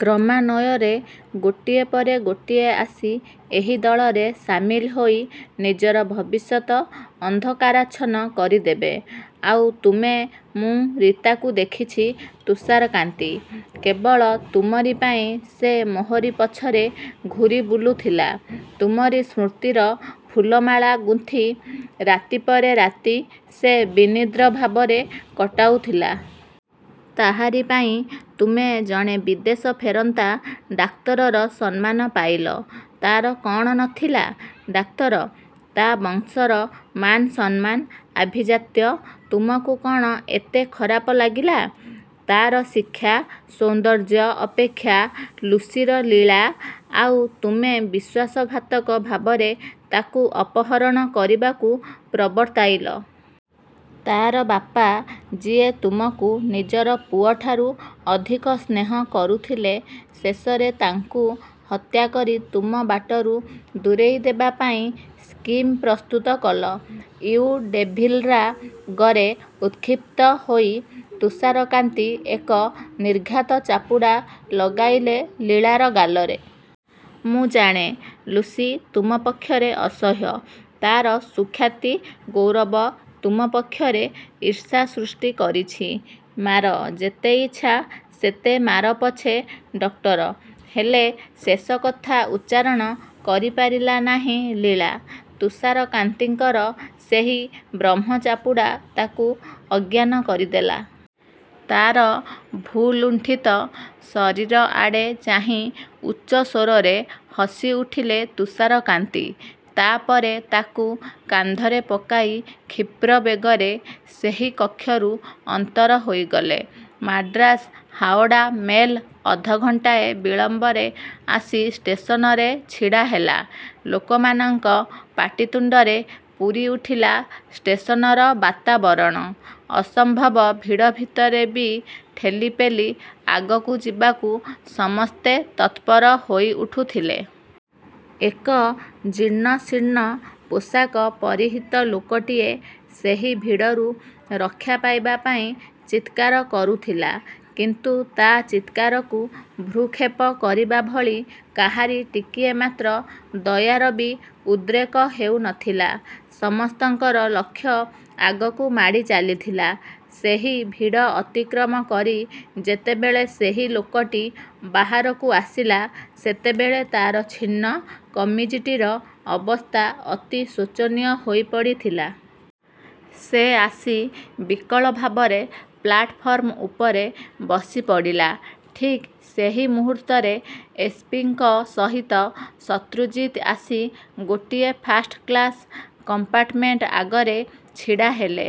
କ୍ରମାନ୍ୱୟରେ ଗୋଟିଏ ପରେ ଗୋଟିଏ ଆସି ଏହି ଦଳରେ ସାମିଲ ହୋଇ ନିଜର ଭବିଷ୍ୟତ ଅନ୍ଧକାରାଚ୍ଛନ୍ନ କରିଦେବେ। ଆଉ ତୁମେ ମୁଁ ରୀତାକୁ ଦେଖିଛି ତୁଷାରକାନ୍ତି। କେବଳ ତୁମରି ପାଇଁ ସେ ମୋହରି ପଛରେ ଘୂରି ବୁଲୁଥିଲା। ତୁମରି ସ୍ମୃତିର ଫୁଲମାଳା ଗୁନ୍ଥି ରାତି ପରେ ରାତି ସେ ବିନିଦ୍ର ଭାବରେ କଟାଉଥିଲା। ତାହାରି ପାଇଁ ତୁମେ ଜଣେ ବିଦେଶ ଫେରନ୍ତା ଡାକ୍ତରର ସମ୍ମାନ ପାଇଲ। ତାର କ'ଣ ନଥିଲା, ଡାକ୍ତର! ତା ବଂଶର ମାନସମ୍ମାନ, ଆଭିଜାତ୍ୟ ତୁମକୁ କଣ ଏତେ ଖରାପ ଲାଗିଲା? ତାର ଶିକ୍ଷା, ସୌନ୍ଦର୍ଯ୍ୟ ଅପେକ୍ଷା ଲୁସିର ଲୀଳା! ଆଉ ତୁମେ ବିଶ୍ୱାସଘାତକ ଭାବରେ ତାକୁ ଅପହରଣ କରିବାକୁ ପ୍ରବର୍ତ୍ତାଇଲ। ତାର ବାପା ଯିଏ ତୁମକୁ ନିଜର ପୁଅଠାରୁ ଅଧିକ ସ୍ନେହ କରୁଥିଲେ, ଶେଷରେ ତାଙ୍କୁ ହତ୍ୟା କରି ତୁମ ବାଟରୁ ଦୂରେଇ ଦେବା ପାଇଁ ସ୍କିମ୍ ପ୍ରସ୍ତୁତ କଲ। ୟୁ ଡେଭିଲ୍ରା ଗରେ ଉତ୍କ୍ଷିପ୍ତ ହୋଇ ତୁଷାରକାନ୍ତି ଏକ ନିର୍ଘାତ ଚାପୁଡ଼ା ଲଗାଇଲେ ଲୀଳାର ଗାଲରେ। ମୁଁ ଜାଣେ, ଲୁସି ତୁମ ପକ୍ଷରେ ଅସହ୍ୟ। ତାର ସୁଖ୍ୟାତି, ଗୌରବ, ତୁମ ପକ୍ଷରେ ଈର୍ଷା ସୃଷ୍ଟି କରିଛି। ମାର ଯେତେ ଇଚ୍ଛା ସେତେ ମାର ପଛେ ଡକ୍ଟର, ହେଲେ ଶେଷ କଥା ଉଚ୍ଚାରଣ କରିପାରିଲା ନାହିଁ ଲୀଳା। ତୁଷାରକାନ୍ତିଙ୍କର ସେହି ବ୍ରହ୍ମଚାପୁଡ଼ା ତାକୁ ଅଜ୍ଞାନ କରିଦେଲା। ତାର ଭୂଲୁଣ୍ଠିତ ଶରୀର ଆଡ଼େ ଚାହିଁ ଉଚ୍ଚସ୍ୱରରେ ହସିଉଠିଲେ ତୁଷାରକାନ୍ତି। ତା ପରେ ତାକୁ କାନ୍ଧରେ ପକାଇ କ୍ଷୀପ୍ର ବେଗରେ ସେହି କକ୍ଷରୁ ଅନ୍ତର ହୋଇଗଲେ। ମାଡ୍ରାସ-ହାଓଡ଼ା ମେଲ୍ ଅଧଘଣ୍ଟାଏ ବିଳମ୍ବରେ ଆସି ଷ୍ଟେସନରେ ଛିଡ଼ା ହେଲା। ଲୋକମାନଙ୍କ ପାଟିତୁଣ୍ଡରେ ପୂରିଉଠିଲା ଷ୍ଟେସନର ବାତାବରଣ। ଅସମ୍ଭବ ଭିଡ଼ ଭିତରେ ବି ଠେଲିପେଲି ଆଗକୁ ଯିବାକୁ ସମସ୍ତେ ତତ୍ପର ହୋଇଉଠୁଥିଲେ। ଏକ ଜୀର୍ଣ୍ଣଶୀର୍ଣ୍ଣ ପୋଷାକ ପରିହିତ ଲୋକଟିଏ ସେହି ଭିଡ଼ରୁ ରକ୍ଷା ପାଇବା ପାଇଁ ଚିତ୍କାର କରୁଥିଲା କିନ୍ତୁ ତା ଚିତ୍କାରକୁ ଭ୍ରୂକ୍ଷେପ କରିବା ଭଳି କାହାରି ଟିକିଏ ମାତ୍ର ଦୟାର ବି ଉଦ୍ରେକ ହେଉନଥିଲା। ସମସ୍ତଙ୍କର ଲକ୍ଷ୍ୟ ଆଗକୁ ମାଡ଼ି ଚାଲିଥିଲା। ସେହି ଭିଡ଼ ଅତିକ୍ରମ କରି ଯେତେବେଳେ ସେହି ଲୋକଟି ବାହାରକୁ ଆସିଲା, ସେତେବେଳେ ତାର ଛିନ୍ନ କାମିଜଟିର ଅବସ୍ଥା ଅତି ଶୋଚନୀୟ ହୋଇପଡ଼ିଥିଲା। ସେ ଆସି ବିକଳ ଭାବରେ ପ୍ଲାଟଫର୍ମ ଉପରେ ବସିପଡ଼ିଲା। ଠିକ୍ ସେହି ମୁହୂର୍ତ୍ତରେ ଏସ୍. ପି. ଙ୍କ ସହିତ ଶତ୍ରୁଜିତ ଆସି ଗୋଟିଏ ଫାଷ୍ଟ କ୍ଲାସ୍ କମ୍ପାର୍ଟମେଣ୍ଟ ଆଗରେ ଛିଡ଼ା ହେଲେ।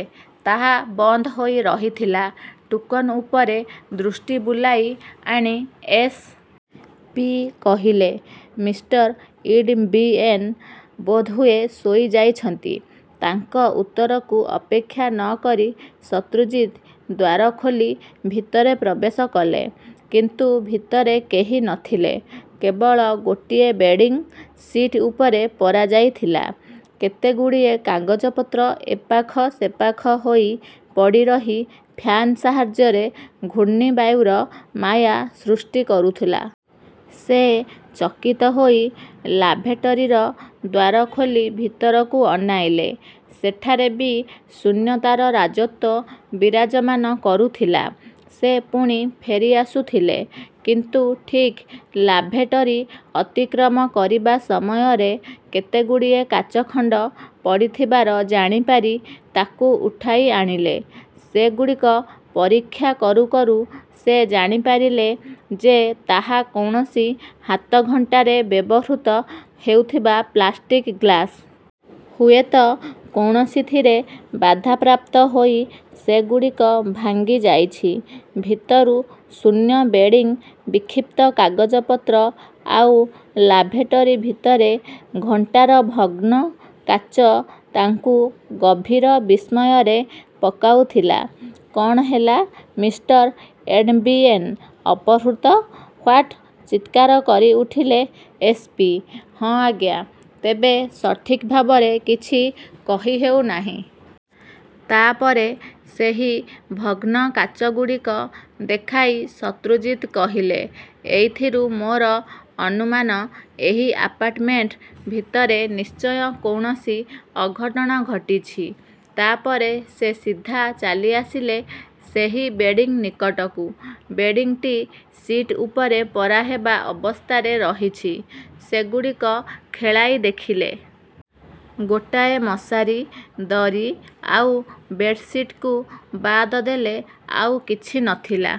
ତାହା ବନ୍ଦ ହୋଇ ରହିଥିଲା। ଟୁକନ୍ ଉପରେ ଦୃଷ୍ଟି ବୁଲାଇ ଆଣି ଏସ୍. ପି. କହିଲେ, ମିଷ୍ଟର ଇଡମ୍ବିଏନ୍ ବୋଧହୁଏ ଶୋଇଯାଇଛନ୍ତି। ତାଙ୍କ ଉତ୍ତରକୁ ଅପେକ୍ଷା ନକରି ଶତ୍ରୁଜିତ ଦ୍ୱାର ଖୋଲି ଭିତରେ ପ୍ରବେଶ କଲେ; କିନ୍ତୁ ଭିତରେ କେହି ନଥିଲେ। କେବଳ ଗୋଟିଏ ବେଡିଂ ସିଟ୍ ଉପରେ ପରାଯାଇଥିଲା। କେତେଗୁଡ଼ିଏ କାଗଜପତ୍ର ଏପାଖ ସେପାଖ ହୋଇ ପଡ଼ିରହି, ଫ୍ୟାନ୍ ସାହାଯ୍ୟରେ ଘୂର୍ଣ୍ଣିବାୟୁର ମାୟା ସୃଷ୍ଟି କରୁଥିଲା। ସେ ଚକିତ ହୋଇ ଲାଭେଟରୀର ଦ୍ୱାର ଖୋଲି ଭିତରକୁ ଅନାଇଲେ। ସେଠାରେ ବି ଶୂନ୍ୟତାର ରାଜତ୍ୱ ବିରାଜମାନ କରୁଥିଲା। ସେ ପୁଣି ଫେରିଆସୁଥିଲେ; କିନ୍ତୁ ଠିକ୍ ଲାଭେଟରୀ ଅତିକ୍ରମ କରିବା ସମୟରେ କେତେଗୁଡ଼ିଏ କାଚଖଣ୍ଡ ପଡ଼ିଥିବାର ଜାଣିପାରି ତାକୁ ଉଠାଇ ଆଣିଲେ। ସେଗୁଡ଼ିକ ପରୀକ୍ଷା କରୁ କରୁ ସେ ଜାଣିପାରିଲେ ଯେ ତାହା କୌଣସି ହାତଘଣ୍ଟାରେ ବ୍ୟବହୃତ ହେଉଥିବା ପ୍ଲାଷ୍ଟିକ୍ ଗ୍ଲାସ। ହୁଏତ କୌଣସିଥିରେ ବାଧାପ୍ରାପ୍ତ ହୋଇ ସେଗୁଡ଼ିକ ଭାଙ୍ଗିଯାଇଛି। ଭିତରୁ ଶୂନ୍ୟ ବେଡିଂବିକ୍ଷିପ୍ତ କାଗଜପତ୍ର ଆଉ ଲାଭେଟରୀ ଭିତରେ ଘଣ୍ଟାର ଭଗ୍ନ କାଚ ତାଙ୍କୁ ଗଭୀର ବିସ୍ମୟରେ ପକାଉଥିଲା। କ'ଣ ହେଲା? ମିଷ୍ଟର ଇଡମ୍ବିଏନ୍ ଅପହୃତ? ହ୍ୱାଟ୍? ଚିତ୍କାର କରିଉଠିଲେ ଏସ୍. ପି.। ହଁ, ଆଜ୍ଞା। ତେବେ ସଠିକ୍ ଭାବରେ କିଛି କହିହେଉନାହିଁ। ତା ପରେ ସେହି ଭଗ୍ନ କାଚଗୁଡ଼ିକ ଦେଖାଇ ଶତ୍ରୁଜିତ କହିଲେ, ଏଇଥିରୁ ମୋର ଅନୁମାନ, ଏହି କମ୍ପାର୍ଟମେଣ୍ଟ ଭିତରେ ନିଶ୍ଚୟ କୌଣସି ଅଘଟଣ ଘଟିଛି। ତା ପରେ ସେ ସିଧା ଚାଲିଆସିଲେ ସେହି ବେଡିଂ ନିକଟକୁ। ବେଡିଂଟି ସିଟ୍ ଉପରେ ପରାହେବା ଅବସ୍ଥାରେ ରହିଛି। ସେଗୁଡ଼ିକ ଖେଳାଇ ଦେଖିଲେ। ଗୋଟାଏ ମଶାରୀ, ଦରୀ ଆଉ ବେଡ୍-ସିଟ୍‌କୁ ବାଦ ଦେଲେ ଆଉ କିଛି ନଥିଲା।